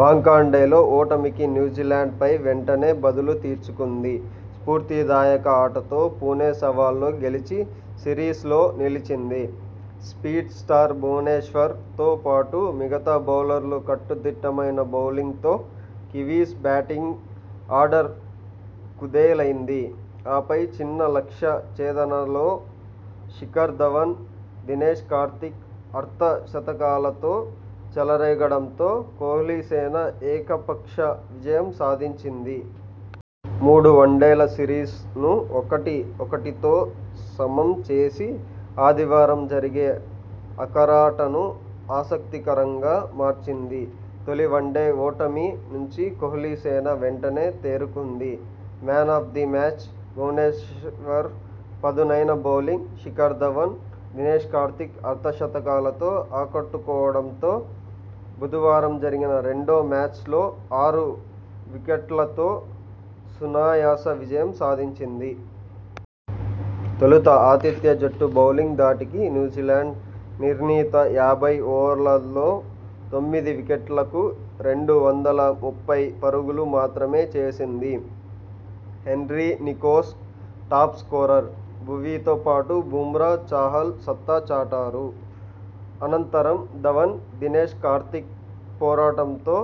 వాంఖడేలో ఓటమికి న్యూజిలాండ్ పై వెంటనే బదులు తీర్చుకుంది. స్పూర్తిదాయక ఆటతో పుణె సవాల్లో గెలిచి సిరీస్ లో నిలిచింది. స్పీడ్ స్టార్ భువనేశ్వర్ తో పాటు మిగతా బౌలర్ల కట్టుదిట్టమైన బౌలింగ్ తో కివీస్ బ్యాటింగ్ ఆర్డర్ కుదేలైంది. ఆపై చిన్న లక్ష్య ఛేదనలో శిఖర్ ధవన్, దినేశ్ కార్తీక్ అర్ధ శతకాలతో చెలరేగడంతో కోహ్లీసేన ఏకపక్ష విజయం సాధించింది. మూడు వన్డేల సిరీస్ ను ఒకటి ఒకటితో సమం చేసి ఆదివారం జరిగే ఆఖరాటను ఆసక్తికరంగా మార్చింది. తొలి వన్డే ఓటమి నుంచి కోహ్లీసేన వెంటనే తేరుకుంది. 'Man of the match' Bhuvneshwar పదునైన బౌలింగ్, శిఖర్ ధవన్, దినేశ్ కార్తీక్ అర్ధ శతకాలతో ఆకట్టుకోవడంతో బుధవారం జరిగిన రెండో మ్యాచ్ లో ఆరు వికెట్లతో సునాయాస విజయం సాధించింది. తొలుత ఆతిథ్య జట్టు బౌలింగ్ ధాటికి న్యూజిలాండ్ నిర్ణీత యాభై ఓవర్లలో తొమ్మిది వికెట్లకు రెండు వందల ముప్పై పరుగులు మాత్రమే చేసింది. Henry Nicholls top scorer. భువీతో పాటు బుమ్రా, చాహల్ సత్తా చాటారు. అనంతరం ధవన్, దినేశ్ కార్తీక్ పోరాటంతో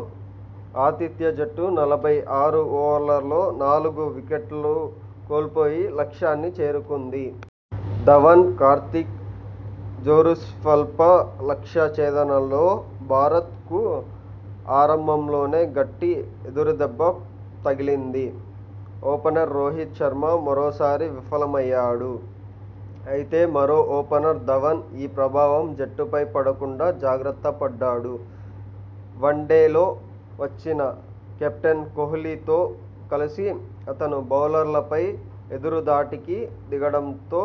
ఆతిథ్య జట్టు నలభై ఆరు ఓవర్లలో నాలుగు వికెట్లు కోల్పోయి లక్ష్యాన్ని చేరుకుంది. ధవన్, కార్తీక్ జోరుస్వల్ప లక్ష్య ఛేదనలో భారత్ కు ఆరంభంలోనే గట్టి ఎదురుదెబ్బ తగిలింది. ఓపెనర్ రోహిత్ శర్మ మరోసారి విఫలమయ్యాడు. అయితే, మరో ఓపెనర్ ధవన్ ఈ ప్రభావం జట్టుపై పడకుండా జాగ్రత్త పడ్డాడు. వన్ డే లో వచ్చిన కెప్టెన్ కోహ్లీ తో కలిసి అతను బౌలర్లపై ఎదురుదాటికి దిగడంతో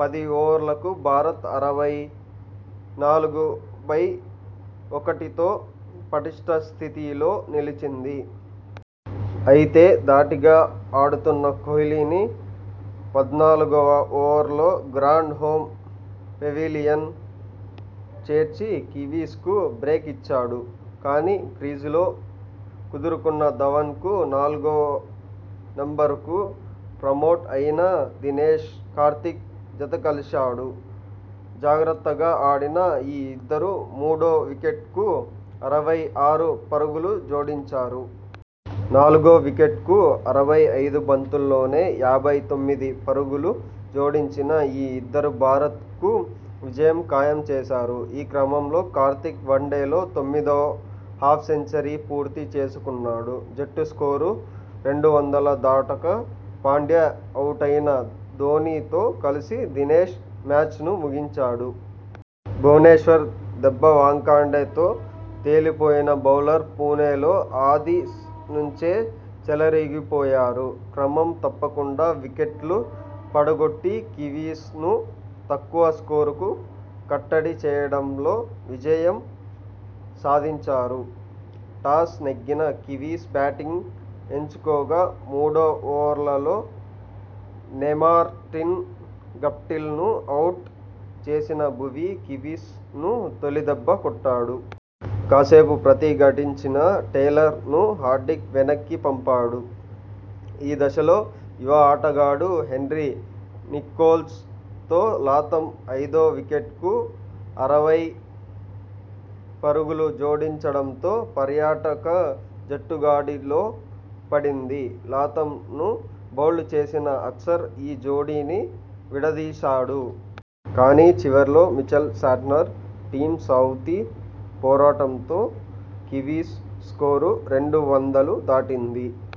పది ఓవర్లకు భారత్ అరవై నాలుగు బై ఒకటితో పటిష్ఠ స్థితిలో నిలిచింది. అయితే, ధాటిగా ఆడుతున్న కోహ్లీని పద్నాలుగువ ఓవర్లో గ్రాండ్ హోమ్ పెవిలియన్ చేర్చి కివీస్ కు బ్రేక్ ఇచ్చాడు. కానీ, క్రీజులో కుదురుకున్న ధవన్కు నాలుగో నెంబర్ కు ప్రమోట్ అయిన దినేశ్ కార్తీక్ జతకలిశాడు. జాగ్రత్తగా ఆడిన ఈ ఇద్దరూ మూడో వికెట్ కు అరవై ఆరు పరుగులు జోడించారు. నాలుగో వికెట్ కు అరవై ఐదు బంతుల్లోనే యాభై తొమ్మిది పరుగులు జోడించిన ఈ ఇద్దరు భారత్ కు విజయం ఖాయం చేశారు. ఈ క్రమంలో కార్తీక్ వన్డేల్లో తొమ్మిదో హాఫ్ సెంచరీ పూర్తి చేసుకున్నాడు. జట్టు స్కోరు రెండు వందల దాటక పాండ్యా అవుటైనా ధోనీ తో కలిసి దినేశ్ మ్యాచ్ను ముగించాడు. భువనేశ్వర్ దెబ్బవాంఖడేతో తేలిపోయిన బౌలర్లు పుణెలో ఆది నుంచే చెలరేగిపోయారు. క్రమం తప్పకుండా వికెట్లు పడగొట్టి కివీస్ ను తక్కువ స్కోరుకు కట్టడి చేయడంలో విజయం సాధించారు. టాస్ నెగ్గిన కివీస్ బ్యాటింగ్ ఎంచుకోగా మూడో ఓవర్లో నేమార్టిన్ గప్టిల్ ను అవుట్ చేసిన భువీ కివీస్ ను తొలి దెబ్బ కొట్టాడు. కాసేపు ప్రతిఘటిం చిన టేలర్ ను హార్దిక్ వెనక్కి పంపాడు. ఈ దశలో యువ ఆటగాడు హెన్రీ నికోల్స్ తో లాథమ్ ఐదో వికెట్ కు అరవై పరుగులు జోడించడంతో పర్యాటక జట్టు గాడిలో పడింది. లాథమ్ ను బౌల్డ్ చేసిన అక్షర్ ఈ జోడీని విడదీశాడు. కానీ, చివర్లో మిచెల్ శాంట్నర్, టిమ్ సౌథీ పోరాటంతో కివీస్ స్కోరు రెండు వందలు దాటింది.